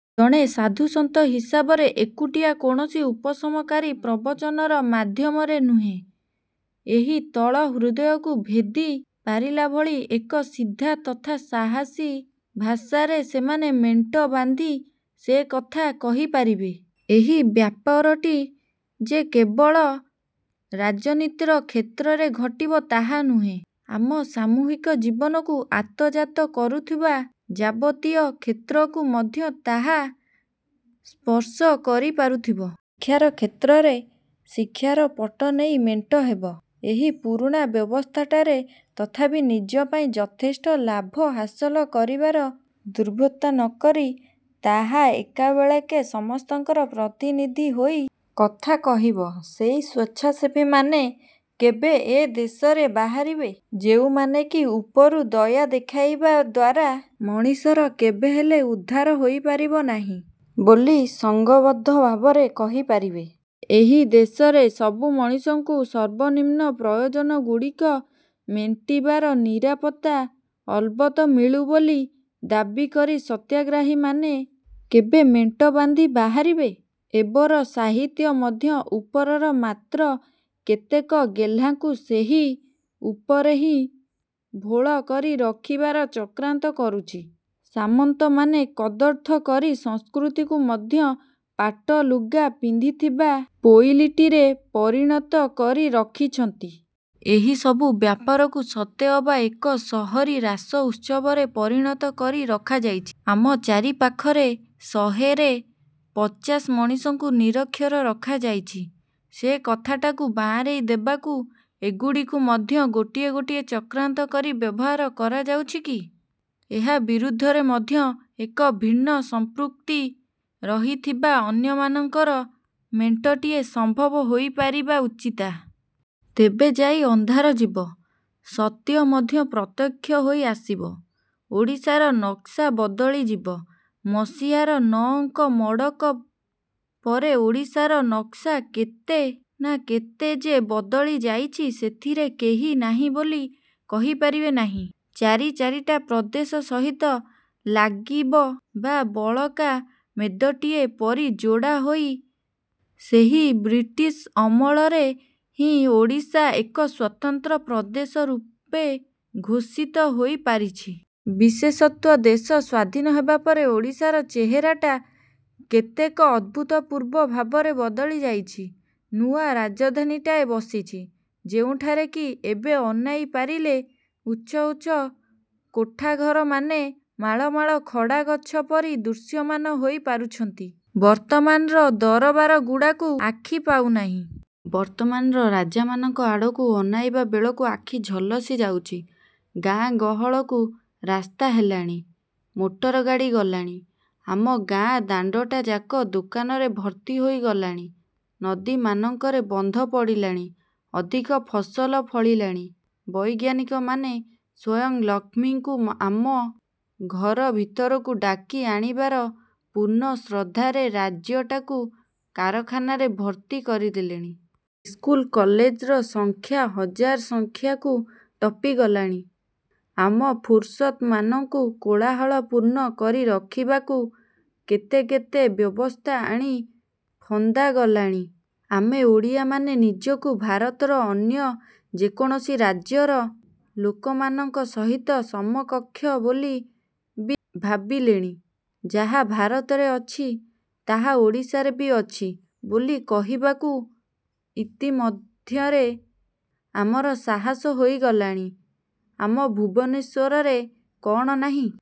ଜଣେ ସାଧୁ ସନ୍ଥ ହିସାବରେ ଏକୁଟିଆ କୌଣସି ଉପଶମକାରୀ ପ୍ରବଚନର ମାଧ୍ୟମରେ ନୁହେଁ, ଏହି ତଳର ହୃଦୟକୁ ଭେଦି ପାରିଲାଭଳି ଏକ ସିଧା ତଥା ସାହସୀ ଭାଷାରେ ସେମାନେ ମେଣ୍ଟ ବାନ୍ଧି ସେକଥା କହିପାରିବେ? ଏହି ବ୍ୟାପାରଟି ଯେ କେବଳ ରାଜନୀତିର କ୍ଷେତ୍ରରେ ଘଟିବ ତାହା ନୁହେଁ, ଆମ ସାମୂହିକ ଜୀବନକୁ ଆତଯାତ କରୁଥିବା ଯାବତୀୟ କ୍ଷେତ୍ରକୁ ମଧ୍ୟ ତାହା ସ୍ପର୍ଶ କରିପାରୁଥିବ। ଶିକ୍ଷାର କ୍ଷେତ୍ରରେ ଶିକ୍ଷାର ପଟ ନେଇ ମେଣ୍ଟ ହେବ। ଏହି ପୁରୁଣା ବ୍ୟବସ୍ଥାଟାରେ ତଥାପି ନିଜ ପାଇଁ ଯଥେଷ୍ଟ ଲାଭ ହାସଲ କରିବାର ଧୂର୍ତ୍ତତା ନକରି ତାହା ଏକାବେଳେକେ ସମସ୍ତଙ୍କର ପ୍ରତିନିଧି ହୋଇ କଥା କହିବ। ସେହି ସ୍ଵେଚ୍ଛାସେବୀମାନେ କେବେ ଏ ଦେଶରେ ବାହାରିବେ, ଯେଉଁମାନେ କି ଉପରୁ ଦୟା ଦେଖାଇବା ଦ୍ୱାରା ମଣିଷର କେବେହେଲେ ଉଦ୍ଧାର ହୋଇପାରିବ ନାହିଁ ବୋଲି ସଂଘବଦ୍ଧ ଭାବରେ କହିପାରିବେ? ଏହି ଦେଶରେ ସବୁ ମଣିଷଙ୍କୁ ସର୍ବନିମ୍ନ ପ୍ରୟୋଜନଗୁଡ଼ିକ ମେଣ୍ଟିବାର ନିରାପତ୍ତା ଅଲବତ ମିଳୁ ବୋଲି ଦାବିକରି ସତ୍ୟାଗ୍ରହୀମାନେ କେବେ ମେଣ୍ଟ ବାନ୍ଧି ବାହାରିବେ? ଏବର ସାହିତ୍ୟ ମଧ୍ୟ ଉପରର ମାତ୍ର କେତେକ ଗେହ୍ଲାଙ୍କୁ ସେହି ଉପରେ ହିଁ ଭୋଳ କରି ରଖିବାର ଚକ୍ରାନ୍ତ କରୁଛି, ସାମନ୍ତମାନେ କଦର୍ଥ କରି ସଂସ୍କୃତିକୁ ମଧ୍ୟ ପାଟଲୁଗା ପିନ୍ଧିଥିବା ପୋଇଲୀଟିରେ ପରିଣତ କରି ରଖିଛନ୍ତି। ଏହିସବୁ ବ୍ୟାପାରକୁ ସତେଅବା ଏକ ସହରୀ ରାସଉତ୍ସବରେ ପରିଣତ କରି ରଖାଯାଇଛି। ଆମ ଚାରିପାଖରେ ଶହେରେ ପଚାଶ ମଣିଷଙ୍କୁ ନିରକ୍ଷର ରଖାଯାଇଛି, ସେକଥାଟାକୁ ବାଆଁରେଇ ଦେବାକୁ ଏଗୁଡ଼ିକୁ ମଧ୍ୟ ଗୋଟିଏ ଗୋଟିଏ ଚକ୍ରାନ୍ତ ପରି ବ୍ୟବହାର କରାଯାଉଛି କି? ଏହା ବିରୋଧରେ ମଧ୍ୟ ଏକ ଭିନ୍ନ ସମ୍ପୃକ୍ତି ରହିଥିବା ଅନ୍ୟମାନଙ୍କର ମେଣ୍ଟଟିଏ ସମ୍ଭବ ହୋଇପାରିବା ଉଚିତ।। ତେବେ ଯାଇ ଅନ୍ଧାର ଯିବ। ସତ୍ୟ ମଧ୍ୟ ପ୍ରତ୍ୟକ୍ଷ ହୋଇ ଆସିବ। ଓଡ଼ିଶାର ନକ୍ସା ବଦଳିଯିବ ମସିହାର ନଅଙ୍କ ମଡ଼କ ପରେ ଓଡ଼ିଶାର ନକ୍ସା କେତେ ନା କେତେ ଯେ ବଦଳି ଯାଇଛି, ସେଥିରେ କେହି ନାହିଁ ବୋଲି କହିପାରିବେ ନାହିଁ। ଚାରି ଚାରିଟା ପ୍ରଦେଶ ସହିତ ଲାଗିବ ବା ବଳକା ମେଦଟିଏ ପରି ଯୋଡ଼ା ହୋଇ ସେହି ବ୍ରିଟିଶ ଅମଳରେ ହିଁ ଓଡ଼ିଶା ଏକ ସ୍ଵତନ୍ତ୍ର ପ୍ରଦେଶ ରୂପେ ଘୋଷିତ ହୋଇପାରିଛି। ବିଶେଷତଃ ଦେଶ ସ୍ୱାଧୀନ ହେବା ପରେ ଓଡ଼ିଶାର ଚେହେରାଟା କେତେ ଅଭୂତପୂର୍ବ ଭାବରେ ବଦଳି ଯାଇଛି। ନୂଆ ରାଜଧାନୀଟାଏ ବସିଛି, ଯେଉଁଠାରେ କି ଏବେ ଅନାଇ ପାରିଲେ ଉଚ୍ଚ ଉଚ୍ଚ କୋଠାଘରମାନେ ମାଳ ମାଳ ଖଡ଼ାଗଛ ପରି ଦୃଶ୍ୟମାନ ହୋଇ ପାରୁଛନ୍ତି। ବର୍ତ୍ତମାନର ଦରବାରଗୁଡ଼ାକୁ ଆଖି ପାଉନାହିଁ। ବର୍ତ୍ତମାନର ରାଜାମାନଙ୍କ ଆଡ଼କୁ ଅନାଇବା ବେଳକୁ ଆଖି ଝଲସି ଯାଉଛି। ଗାଆଁ ଗହଳକୁ ରାସ୍ତା ହେଲାଣି, ମୋଟର ଗାଡ଼ି ଗଲାଣି, ଆମ ଗାଆଁ ଦାଣ୍ଡଟାଯାକ ଦୋକାନରେ ଭର୍ତ୍ତି ହୋଇଗଲାଣି। ନଦୀମାନଙ୍କରେ ବନ୍ଧ ପଡ଼ିଲାଣି, ଅଧିକ ଫସଲ ଫଳିଲାଣି। ବୈଜ୍ଞାନିକମାନେ ସ୍ୱୟଂ ଲକ୍ଷ୍ମୀଙ୍କୁ ଆମ ଘର ଭିତରକୁ ଡ଼ାକି ଆଣିବାର ପୂର୍ଣ୍ଣ ଶ୍ରଦ୍ଧାରେ ରାଜ୍ୟଟାକୁ କାରଖାନାରେ ଭର୍ତ୍ତି କରିଦେଲେଣି-। ଇସ୍କୁଲ କଲେଜର ସଂଖ୍ୟା ହଜାର ସଂଖ୍ୟାକୁ ଟପି ଗଲାଣି। ଆମ ଫୁରସତମାନଙ୍କୁ କୋଳାହଳପୂର୍ଣ୍ଣ କରି ରଖିବାକୁ କେତେ କେତେ ବ୍ୟବସ୍ଥା ଆଣି ଫନ୍ଦା ଗଲାଣି। ଆମେ ଓଡ଼ିଆମାନେ ନିଜକୁ ଭାରତର ଅନ୍ୟ ଯେକୌଣସି ରାଜ୍ୟର ଲୋକମାନଙ୍କ ସହିତ ସମକକ୍ଷ ବୋଲି ବି ଭାବିଲେଣି। ଯାହା ଭାରତରେ ଅଛି, ତାହା ଓଡ଼ିଶାରେ ବି ଅଛି ବୋଲି କହିବାକୁ ଇତିମଧ୍ୟରେ ଆମର ସାହସ ହୋଇଗଲାଣି। ଆମ ଭୁବନେଶ୍ୱରରେ କ'ଣ ନାହିଁ